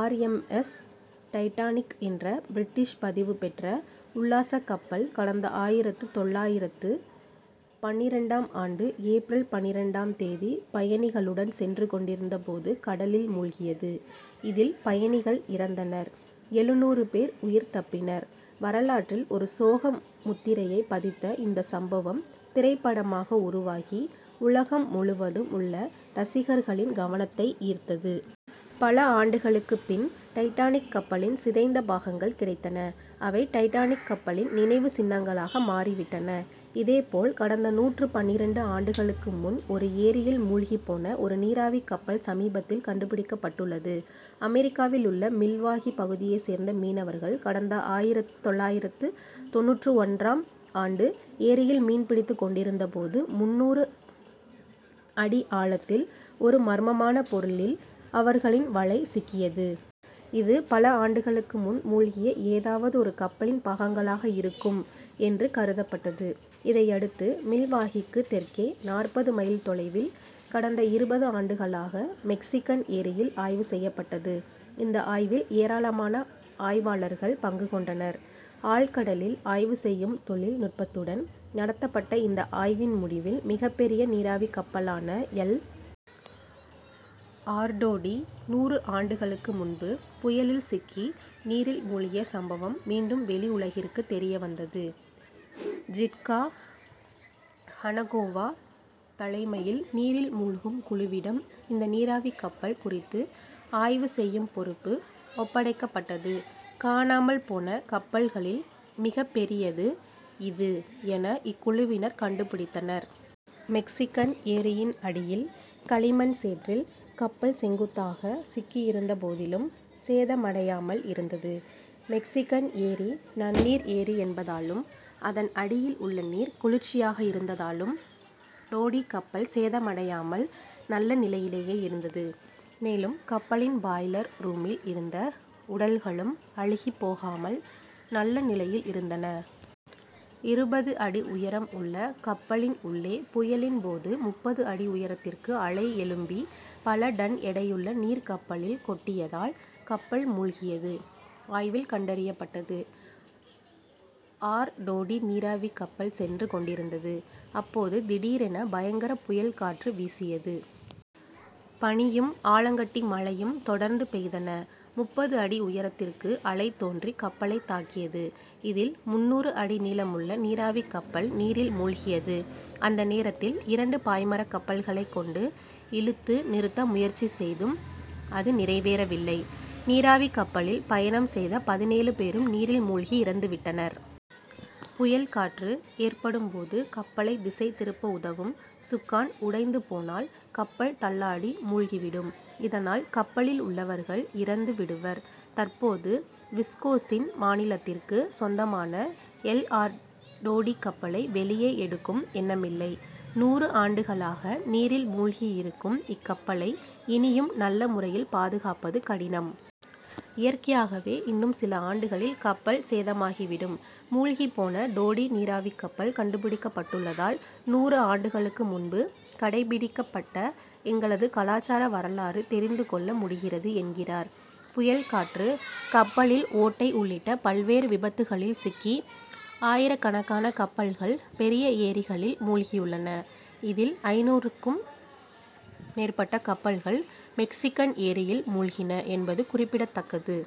R. M. S., Titanic என்ற British பதிவு பெற்ற உல்லாசக் கப்பல், கடந்த ஆயிரத்து தொள்ளாயிரத்து பன்னிரண்டாம் ஆண்டு ஏப்ரல் பன்னிரண்டாம் தேதி பயணிகளுடன் சென்று கொண்டிருந்த போது, கடலில் மூழ்கியது. இதில் பயணிகள் இறந்தனர் எழுநூறு பேர் உயிர் தப்பினர். வரலாற்றில் ஒரு சோக முத்திரையை பதித்த இந்த சம்பவம் திரைப்படமாக உருவாகி, உலகம் முழுவதும் உள்ள ரசிகர்களின் கவனத்தை ஈர்த்தது. பல ஆண்டுகளுக்கு பின், டைட்டானிக் கப்பலின் சிதைந்த பாகங்கள் கிடைத்தன. அவை டைட்டானிக் கப்பலின் நினைவுச் சின்னங்களாக மாறிவிட்டன. இதேபோல், கடந்த நூற்று பன்னிரண்டு ஆண்டுகளுக்கு முன் ஒரு ஏரியில் மூழ்கிப்போன ஒரு நீராவிக் கப்பல் சமீபத்தில் கண்டுபிடிக்கப்பட்டுள்ளது. அமெரிக்காவில் உள்ள, மில்வாகி பகுதியைச் சேர்ந்த மீனவர்கள், கடந்த ஆயிரத்து தொள்ளாயிரத்து தொண்ணூற்று ஒன்றாம் ஆண்டு ஏரியில் மீன் பிடித்துக் கொண்டிருந்தபோது முந்நூறு அடி ஆழத்தில் ஒரு மர்மமான பொருளில் அவர்களின் வலை சிக்கியது. இது, பல ஆண்டுகளுக்கு முன் மூழ்கிய ஏதாவது ஒரு கப்பலின் பாகங்களாக இருக்கும் என்று கருதப்பட்டது. இதையடுத்து, மில்வாகிக்கு தெற்கே நாற்பது மைல் தொலைவில், கடந்த இருபது ஆண்டுகளாக மெக்சிகன் ஏரியில் ஆய்வு செய்யப்பட்டது. இந்த ஆய்வில் ஏராளமான ஆய்வாளர்கள் பங்கு கொண்டனர். ஆழ்கடலில் ஆய்வு செய்யும் தொழில் நுட்பத்துடன் நடத்தப்பட்ட இந்த ஆய்வின் முடிவில், மிகப்பெரிய நீராவிக் கப்பலான எல். ஆர். டோடி, நூறு ஆண்டுகளுக்கு முன்பு புயலில் சிக்கி நீரில் மூழ்கிய சம்பவம் மீண்டும் வெளி உலகிற்கு தெரியவந்தது. ஜிட்கா ஹனகோவா தலைமையில் நீரில் மூழ்கும் குழுவிடம் இந்த நீராவிக் கப்பல் குறித்து ஆய்வு செய்யும் பொறுப்பு ஒப்படைக்கப்பட்டது. காணாமல் போன கப்பல்களில் மிகப்பெரியது இது என இக்குழுவினர் கண்டுபிடித்தனர். மெக்சிகன் ஏரியின் அடியில் களிமண் சேற்றில் கப்பல் செங்குத்தாக சிக்கியிருந்த போதிலும் சேதமடையாமல் இருந்தது. மெக்சிகன் ஏரி நன்னீர் ஏரி என்பதாலும், அதன் அடியில் உள்ள நீர் குளிர்ச்சியாக இருந்ததாலும் டோடி கப்பல் சேதமடையாமல், நல்ல நிலையிலேயே இருந்தது. மேலும், கப்பலின் பாய்லர் ரூமில் இருந்த உடல்களும், அழுகிப் போகாமல் நல்ல நிலையில் இருந்தன. இருபது அடி உயரம் உள்ள கப்பலின் உள்ளே, புயலின் போது முப்பது அடி உயரத்திற்கு அலை எழும்பி பல டன் எடையுள்ள நீர் கப்பலில் கொட்டியதால் கப்பல் மூழ்கியது ஆய்வில் கண்டறியப்பட்டது. ஆர். டோடி நீராவிக் கப்பல் சென்று கொண்டிருந்தது. அப்போது, திடீரென பயங்கர புயல் காற்று வீசியது. பனியும், ஆலங்கட்டி மழையும் தொடர்ந்து பெய்தன. முப்பது அடி உயரத்திற்கு அலை தோன்றி கப்பலை தாக்கியது. இதில் முந்நூறு அடி நீளமுள்ள நீராவிக் கப்பல் நீரில் மூழ்கியது. அந்த நேரத்தில் இரண்டு பாய்மரக்கப்பல்களை கொண்டு இழுத்து நிறுத்த முயற்சி செய்தும் அது நிறைவேறவில்லை. நீராவிக் கப்பலில் பயணம் செய்த பதினேழு பேரும் நீரில் மூழ்கி இறந்து விட்டனர். புயல் காற்று ஏற்படும் போது கப்பலை திசை திருப்ப உதவும் சுக்கான் உடைந்து போனால் கப்பல் தள்ளாடி மூழ்கி விடும். இதனால் கப்பலில் உள்ளவர்கள் இறந்து விடுவர். தற்போது விஸ்கோசின் மாநிலத்திற்கு சொந்தமான எல். ஆர். டோடி கப்பலை வெளியே எடுக்கும் எண்ணமில்லை. நூறு ஆண்டுகளாக நீரில் மூழ்கி இருக்கும் இக்கப்பலை இனியும் நல்ல முறையில் பாதுகாப்பது கடினம். இயற்கையாகவே இன்னும் சில ஆண்டுகளில் கப்பல் சேதமாகிவிடும். மூழ்கிப்போன டோடி நீராவிக் கப்பல் கண்டுபிடிக்கப்பட்டுள்ளதால், நூறு ஆண்டுகளுக்கு முன்பு கடைபிடிக்கப்பட்ட எங்களது கலாசார வரலாறு தெரிந்து கொள்ள முடிகிறது என்கிறார். புயல் காற்று, கப்பலில் ஓட்டை உள்ளிட்ட பல்வேறு விபத்துக்களில் சிக்கி ஆயிரக்கணக்கான கப்பல்கள் பெரிய ஏரிகளில் மூழ்கியுள்ளன. இதில் ஐந்நூறுக்கும் மேற்பட்ட கப்பல்கள் மெக்சிகன் ஏரியில் மூழ்கின என்பது குறிப்பிடத்தக்கது.